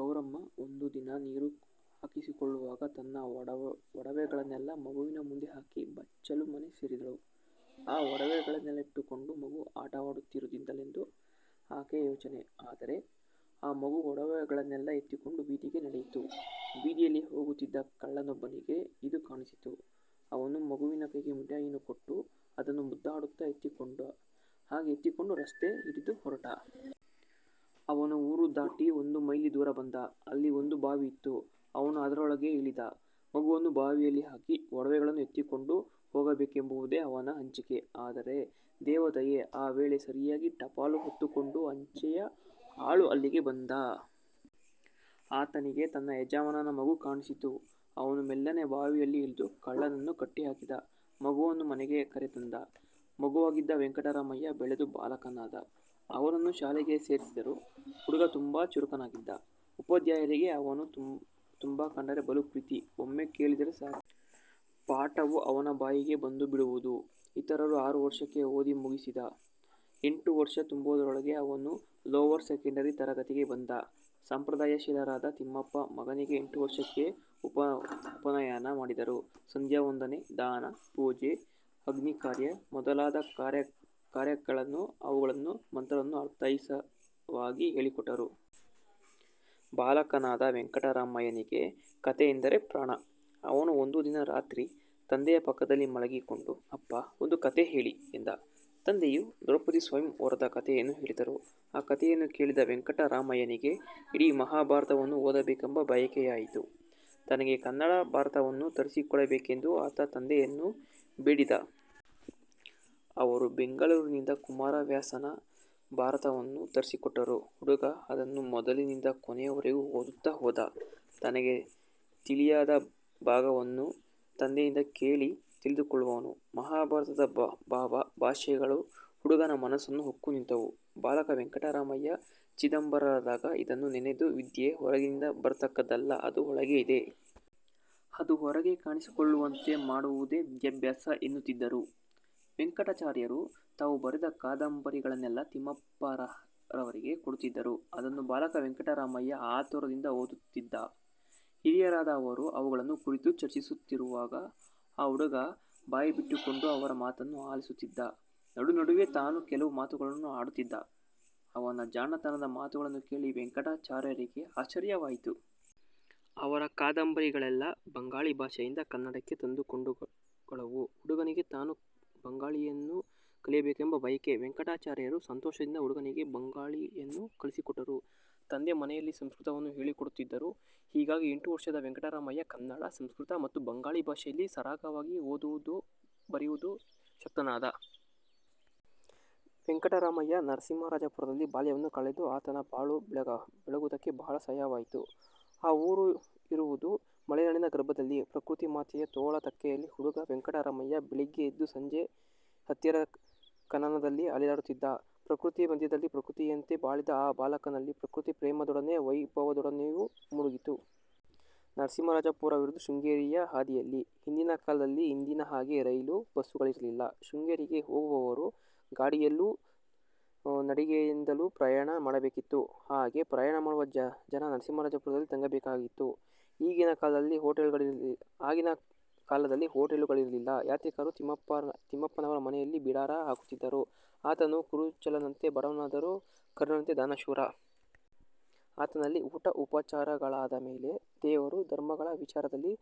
ಗೌರಮ್ಮ ಒಂದು ದಿನ ನೀರು ಹಾಕಿಕೊಳ್ಳುವಾಗ ತನ್ನ ಒಡವೆಗಳನ್ನೆಲ್ಲ ಮಗುವಿನ ಮುಂದೆ ಹಾಕಿ ಬಚ್ಚಲು ಮನೆ ಸೇರಿದಳು. ಆ ಒಡವೆಗಳನ್ನಿಟ್ಟುಕೊಂಡು ಮಗು ಆಟವಾಡುತ್ತಿರಲೆಂದು ಆಕೆಯ ಯೋಚನೆ. ಆದರೆ ಮಗು ಆ ಒಡವೆಗಳನ್ನೆಲ್ಲ ಎತ್ತಿಕೊಂಡು ಬೀದಿಗೆ ನಡೆಯಿತು. ಬೀದಿಯಲ್ಲಿ ಹೋಗುತ್ತಿದ್ದ ಕಳ್ಳನೊಬ್ಬನಿಗೆ ಇದು ಕಾಣಿಸಿತು. ಅವನು ಮಗುವಿಗೆ ಕೈಗೆ ಮಿಠಾಯಿಯನ್ನು ಕೊಟ್ಟು, ಅದನ್ನು ಮುದ್ದಾಡುತ್ತಾ ಎತ್ತಿಕೊಂಡ: ಹಾಗೆ ಎತ್ತಿಕೊಂಡು ರಸ್ತೆ ಹಿಡಿದು ಹೊರಟ. ಅವನು ಊರನ್ನು ದಾಟಿ, ಒಂದು ಮೈಲಿ ದೂರ ಬಂದ. ಅಲ್ಲಿ ಒಂದು ಬಾವಿ ಇತ್ತು. ಅವನು ಅದರೊಳಗೆ ಇಳಿದ. ಮಗುವನ್ನು ಬಾವಿಯಲ್ಲಿ ಹಾಕಿ, ಒಡವೆಗಳನ್ನು ಎತ್ತಿಕೊಂಡು ಹೋಗಬೇಕೆಂಬುವುದೇ ಅವನ ಹಂಚಿಕೆ. ಆದರೆ ದೇವ ದಯೆ ಆ ವೇಳೆಗೆ ಸರಿಯಾಗಿ ಟಪಾಲು ಹೊತ್ತುಕೊಂಡು ಅಂಚೆಯ ಆಳು ಅಲ್ಲಿಗೆ ಬಂದ. ಆತನಿಗೆ ತನ್ನ ಯಜಮಾನನ ಮಗು ಕಾಣಿಸಿತು. ಅವನು ಮೆಲ್ಲನೆ ಬಾವಿಯಲ್ಲಿ ಇಳಿದು ಕಳ್ಳನನ್ನು ಕಟ್ಟಿಹಾಕಿದ. ಮಗುವನ್ನು ಮನೆಗೆ ಕರೆ ತಂದ. ಮಗುವಾಗಿದ್ದ ವೆಂಕಟರಾಮಯ್ಯ ಬೆಳೆದು ಬಾಲಕನಾದ. ಅವನನ್ನು ಶಾಲೆಗೆ ಸೇರಿಸಿದರು. ಹುಡುಗ ತುಂಬಾ ಚುರುಕನಾಗಿದ್ದ. ಉಪಾದ್ಯಾಯರಿಗೆ ಅವನನ್ನು ಕಂಡರೆ ಬಲು ಪ್ರೀತಿ. ಒಮ್ಮೆ ಕೇಳಿದರೆ ಸಾಕು. ಪಾಠವು ಅವನ ಬಾಯಿಗೆ ಬಂದುಬಿಡುವುದು. ಇತರರು ಆರು ವರ್ಷಕ್ಕೆ ಓದಿ ಮುಗಿಸಿದ. ಎಂಟು ವರ್ಷ ತುಂಬುವುದರೊಳಗೆ ಅವನು ಲೋವರ ಸೆಕೆಂಡರಿ ತರಗತಿಗೆ ಬಂದ. ಸಂಪ್ರದಾಯಶೀಲರಾದ ತಿಮ್ಮಪ್ಪ ಮಗನಿಗೆ ಎಂಟು ವರ್ಷಕ್ಕೆ ಉಪನಯನ ಮಾಡಿದರು. ಸಂದ್ಯಾವಂದನೆ, ದಾನ, ಪೂಜೆ, ಅಗ್ನಿ ಕಾರ್ಯ ಮೊದಲಾದ ಕರ್ಮಗಳನ್ನು ಅವುಗಳನ್ನು ಮಂತ್ರಗಳನ್ನು ಅರ್ಥಸಹಿತವಾಗಿ ಹೇಳಿಕೊಟ್ಟರು. ಬಾಲಕನಾದ ವೆಂಕಟರಾಮಯ್ಯನಿಗೆ ಕಥೆಯೆಂದರೆ ಪ್ರಾಣ. ಅವನು ಒಂದು ದಿನ ರಾತ್ರಿ ತಂದೆಯ ಪಕ್ಕದಲ್ಲಿ ಮಲಗಿಕೊಂಡು, "ಅಪ್ಪಾ ಒಂದು ಕಥೆ ಹೇಳಿ:" ಎಂದ. ತಂದೆಯು ದ್ರೌಪದಿ ಸ್ವಯಂ ವರದ ಕಥೆಯನ್ನು ಹೇಳಿದರು. ಆ ಕಥೆಯನ್ನು ಕೇಳಿದ ವೆಂಕಟರಾಮಯ್ಯನಿಗೆ ಇಡೀ ಮಹಾಭಾರತವನ್ನು ಓದಬೇಕೆಂಬ ಬಯಕೆಯಾಯಿತು. ತನಗೆ ಕನ್ನಡ ಭಾರತವನ್ನು ತರಿಸಿಕೊಡಬೇಕೆಂದು ಆತ ತಂದೆಯನ್ನು ಬೇಡಿದ. ಅವರು ಬೆಂಗಳೂರಿನಿಂದ ಕುಮಾರವ್ಯಾಸನ ಭಾರತವನ್ನು ತರಿಸಿಕೊಟ್ಟರು. ಹುಡುಗ ಅದನ್ನು ಮೊದಲಿನಿಂದ ಕೊನೆಯವರೆಗೆ ಓದುತ್ತಾ ಹೋದ. ತನಗೆ ತಿಳಿಯದ ಭಾಗವನ್ನು ತಂದೆಯಿಂದ ಕೇಳಿ ತಿಳಿದುಕೊಳ್ಳುವನು. ಮಹಾಭಾರತದ ಭಾವ, ಭಾಷೆಗಳು ಹುಡುಗನ ಮನಸ್ಸನ್ನು ಹೊಕ್ಕು ನಿಂತವು. ಬಾಲಕ ವೆಂಕಟರಾಮಯ್ಯ ಚಿದಂಬರರಾದಾಗ ಇದನ್ನು ನೆನೆದು, ವಿದ್ಯೆ ಹೊರಗಿನಿಂದ ಬರತಕ್ಕದ್ದಲ್ಲ: ಅದು ಒಳಗೆ ಇದೆ. ಅದು ಹೊರಗೆ ಕಾಣಿಸಿಕೊಳ್ಳುವಂತೆ ಮಾಡುವುದೇ ವಿಧ್ಯಾಬ್ಯಾಸ ಎನ್ನುತ್ತಿದ್ದರು. ವೆಂಕಟಾಚಾರ್ಯರು ತಾವು ಬರೆದ ಕಾದಂಬರಿಗಳನ್ನೆಲ್ಲ ತಿಮ್ಮಪ್ಪನವರಿಗೆ ಕೊಡುತಿದ್ದರು. ಅವನ್ನು ಬಾಲಕ ವೆಂಕಟರಾಮಯ್ಯ ಆತುರದಿಂದ ಓದುತ್ತಿದ್ದ. ಹಿರಿಯರಾದವರು ಅವುಗಳನ್ನು ಕುರಿತು ಚರ್ಚಿಸುತ್ತಿರುವಾಗ ಈ ಹುಡುಗ ಬಾಯಿಬಿಟ್ಟುಕೊಂಡು ಅವರ ಮಾತನ್ನು ಆಲಿಸುತ್ತಿದ್ದ. ನಡು-ನಡುವೆ ತಾನೂ ಕೆಲವು ಮಾತನ್ನಾಡುತ್ತಿದ್ದ. ಅವನ ಜಾಣತನದ ಮಾತುಗಳನ್ನು ಕೇಳಿ ವೆಂಕಟಾಚಾರ್ಯರಿಗೆ ಆಶ್ಚರ್ಯವಾಗುತ್ತಿತ್ತು. ಅವರ ಕಾದಂಬರಿಗಳೆಲ್ಲ ಬಂಗಾಳಿ ಭಾಷೆಯಿಂದ ಕನ್ನಡಕ್ಕೆ ತಂದುಕೊಂಡವುಗಳು. ಹುಡುಗನಿಗೆ ತಾನೂ ಬಂಗಾಳಿಯನ್ನು ಕಲಿಯಬೇಕೆಂಬ ಬಯಕೆ. ವೆಂಕಟಾಚಾರ್ಯರು ಸಂತೋಷದಿಂದ ಹುಡುಗನಿಗೆ ಬಂಗಾಳಿಯನ್ನು ಕಲಿಸಿಕೊಟ್ಟರು. ತಂದೆ ಮನೆಯಲ್ಲಿ ಸಂಸ್ಕೃತವನ್ನು ಹೇಳಿಕೊಡುತ್ತಿದ್ದರು. ಹೀಗಾಗಿ ಎಂಟು ವರ್ಷದ ವೆಂಕಟರಾಮಯ್ಯ ಕನ್ನಡ, ಸಂಸ್ಕೃತ ಮತ್ತು ಬಂಗಾಳಿ ಭಾಷೆಗಳಲ್ಲಿ ಸರಾಗವಾಗಿ ಓದುವುದಕ್ಕೂ ಬರೆಯುವುದಕ್ಕೂ ಶಕ್ತನಾದ. ವೆಂಕಟರಾಮಯ್ಯ ನರಸಿಂಹರಾಜಪುರದಲ್ಲಿ ಬಾಲ್ಯವನ್ನು ಕಳೆದುದು ಆತನ ಬಾಳು ಬೆಳಗುವುದಕ್ಕೆ ಬಹಳ ಸಹಾಯಕವಾಯಿತು. ಆ ಊರು ಇರುವುದು ಮಲೆನಾಡಿನ ಗರ್ಭದಲ್ಲಿ; ಪ್ರಕೃತಿ ಮಾತೆಯ ತೋಳ ತೆಕ್ಕೆಯಲ್ಲಿ ಹುಡುಗ ವೆಂಕಟರಾಮಯ್ಯ ಬೆಳಿಗ್ಗೆ ಮತ್ತು ಸಂಜೆ ಹತ್ತಿರದ ಕಾನನದಲ್ಲಿ ಅಲೆದಾಡುತ್ತಿದ್ದ. ಪ್ರಕೃತಿ ಮಧ್ಯದಲ್ಲಿ ಪ್ರಕೃತಿಯಂತೆ ಬಾಳಿದ ಆ ಬಾಲಕನಲ್ಲಿ ಪ್ರಕೃತಿ ಪ್ರೇಮದೊಡನೆ ದೈವಭಾವನೆಯೂ ಮೈಗೂಡಿತು. ನರಸಿಂಹರಾಜಪುರವಿರುವುದು ಶೃಂಗೇರಿಯ ಹಾದಿಯಲ್ಲಿ. ಹಿಂದಿನ ಕಾಲದಲ್ಲಿ ಇಂದಿನ ಹಾಗೆ ರೈಲು, ಬಸ್ಸುಗಳೀರಲಿಲ್ಲ. ಶೃಂಗೇರಿಗೆ ಹೋಗುವವರು ಗಾಡಿಯಲ್ಲೊ, ನಡಿಗೆಯಿಂದಲೋ ಪ್ರಯಣ ಮಾಡಬೇಕಾಗಿತ್ತು. ಹಾಗೆ ಪ್ರಯಾಣ ಮಾಡುವ ಜನ ನರಸಿಂಹರಾಜಪುರದಲ್ಲಿ ತಂಗಬೇಕಾಗಿತ್ತು. ಆಗಿನ ಕಾಲದಲ್ಲಿ ಹೋಟೆಲುಗಳಿರಲಿಲ್ಲ. ಯಾತ್ರಿಕರು ತಿಮ್ಮಪ್ಪನವರ ಮನೆಯಲ್ಲಿ ಬಿಡಾರ ಹಾಕುತ್ತಿದ್ದರು. ಆತನು ಕುಚೇಲನಂತೆ ಬಡವನಾದರೂ ಕರ್ಣನಂತೆ ದಾನಶೂರ. ಆತನಲ್ಲಿ ಊಟ ಉಪಚಾರಗಳಾದ ಮೇಲೆ ದೇವರು- ಧರ್ಮಗಳ ವಿಚಾರದಲ್ಲಿ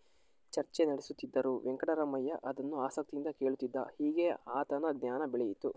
ಚಿರ್ಚೆ ನಡೆಸುತ್ತಿದ್ದರು. ವೆಂಕಟರಾಮಯ್ಯ ಅದನ್ನು ಆಸಕ್ತಿಯಿಂದ ಕೇಳುತ್ತಿದ್ದ. ಹೀಗೆ ಆತನ ಜ್ಞಾನ ಬೆಳೆಯುತ್ತಿತ್ತು.